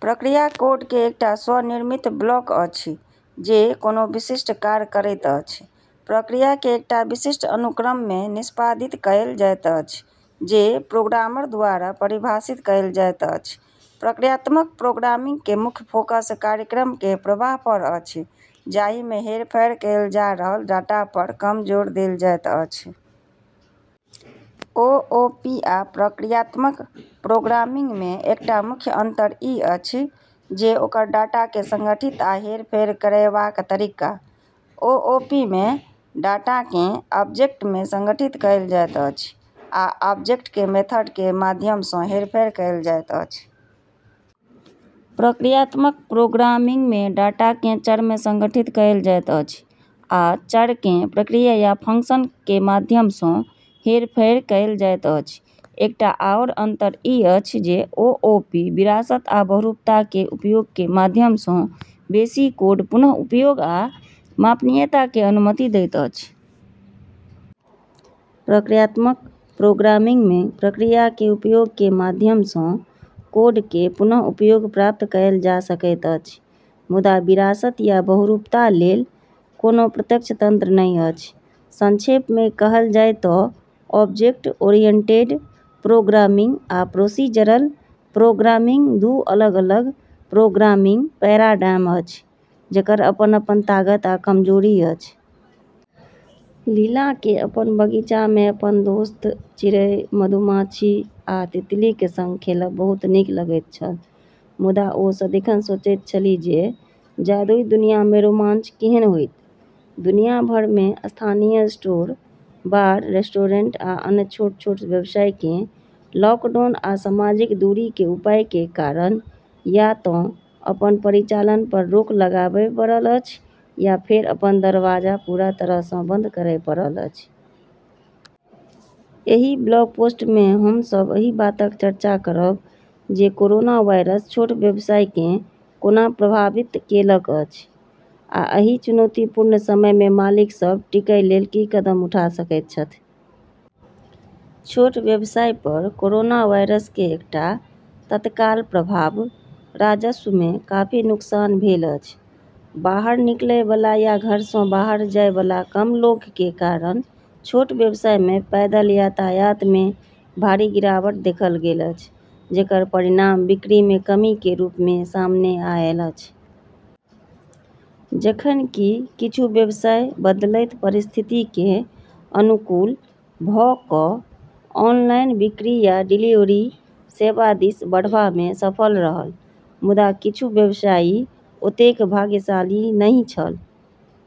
प्रक्रिया कोड के एकटा स्व-निर्मित ब्लॉक अछि जे कोनो विशिष्ट कार्य करैत अछि। प्रक्रिया के एकटा विशिष्ट अनुक्रम मे निष्पादित कएल जाइत अछि जे प्रोग्रामर द्वारा परिभाषित कएल जाइत अछि। प्रक्रियात्मक प्रोग्रामिंग के मुख्य फोकस कार्यक्रम के प्रवाह पर अछि, जाहि मे हेरफेर कएल जा रहल डाटा पर कम जोर देल जाइत अछि। ओओपी आ प्रक्रियात्मक प्रोग्रामिंग मे एकटा मुख्य अंतर ई अछि जे ओकर डाटा के संगठित आ हेरफेर करयबाक तरीका। ओओपी मे, डाटा केँ ऑब्जेक्ट मे संगठित कएल जाइत अछि, आ ऑब्जेक्ट के मेथड के माध्यम सँ हेरफेर कएल जाइत अछि। प्रक्रियात्मक प्रोग्रामिंग मे डाटा केँ चर मे संगठित कएल जाइत अछि, आ चर केँ प्रक्रिया या फंक्शन के माध्यम सँ हेरफेर कएल जाइत अछि। एकटा आओर अंतर ई अछि जे ओओपी विरासत आ बहुरूपता के उपयोग के माध्यम सँ बेसी कोड पुन: उपयोग आ मापनीयता के अनुमति दैत अछि। प्रक्रियात्मक प्रोग्रामिंग मे प्रक्रिया के उपयोग के माध्यम सँ कोड के पुन: उपयोग प्राप्त कएल जा सकैत अछि, मुदा विरासत या बहुरूपता लेल कोनो प्रत्यक्ष तंत्र नहि अछि। संक्षेप मे कहल जाए तँ ऑब्जेक्ट-ओरिएंटेड प्रोग्रामिंग आ प्रोसीजरल प्रोग्रामिंग दू अलग-अलग प्रोग्रामिंग पैराडाइम अछि, जेकर अपन-अपन ताकत आ कमजोरी अछि। लीला केँ अपन बगीचा मे अपन दोस्त, चिड़ै, मधुमाछी, आ तितली के संग खेलब बहुत नीक लगैत छल। मुदा ओ सदिखन सोचैत छली जे जादुई दुनिया मे रोमांच केहन होइत। दुनिया भर मे स्थानीय स्टोर, बार, रेस्टोरेंट, आ अन्य छोट-छोट व्यवसाय केँ लॉकडाउन आ सामाजिक दूरी के उपाय के कारण या तँ अपन परिचालन पर रोक लगाबय पड़ल अछि या फेर अपन दरवाजा पूरा तरह सँ बंद करय पड़ल अछि। एहि ब्लॉग पोस्ट मे हम सब एहि बातक चर्चा करब जे कोरोना वायरस छोट व्यवसाय केँ कोना प्रभावित केलक अछि, आ एहि चुनौतीपूर्ण समय मे मालिक सब टिकय लेल की कदम उठा सकैत छथि। छोट व्यवसाय पर कोरोना वायरस के एकटा तत्काल प्रभाव राजस्व मे काफी नुकसान भेल अछि। बाहर निकलय वाला या घर सँ बाहर जाए वाला कम लोग के कारण छोट व्यवसाय मे पैदल यातायात मे भारी गिरावट देखल गेल अछि, जेकर परिणाम बिक्री मे कमी के रूप मे सामने आएल अछि। जखन कि किछु व्यवसाय बदलैत परिस्थिति के अनुकूल भ' क' ऑनलाइन बिक्री या डिलीवरी सेवा दिस बढ़बा मे सफल रहल, मुदा किछु व्यवसायी ओतेक भाग्यशाली नहि छल।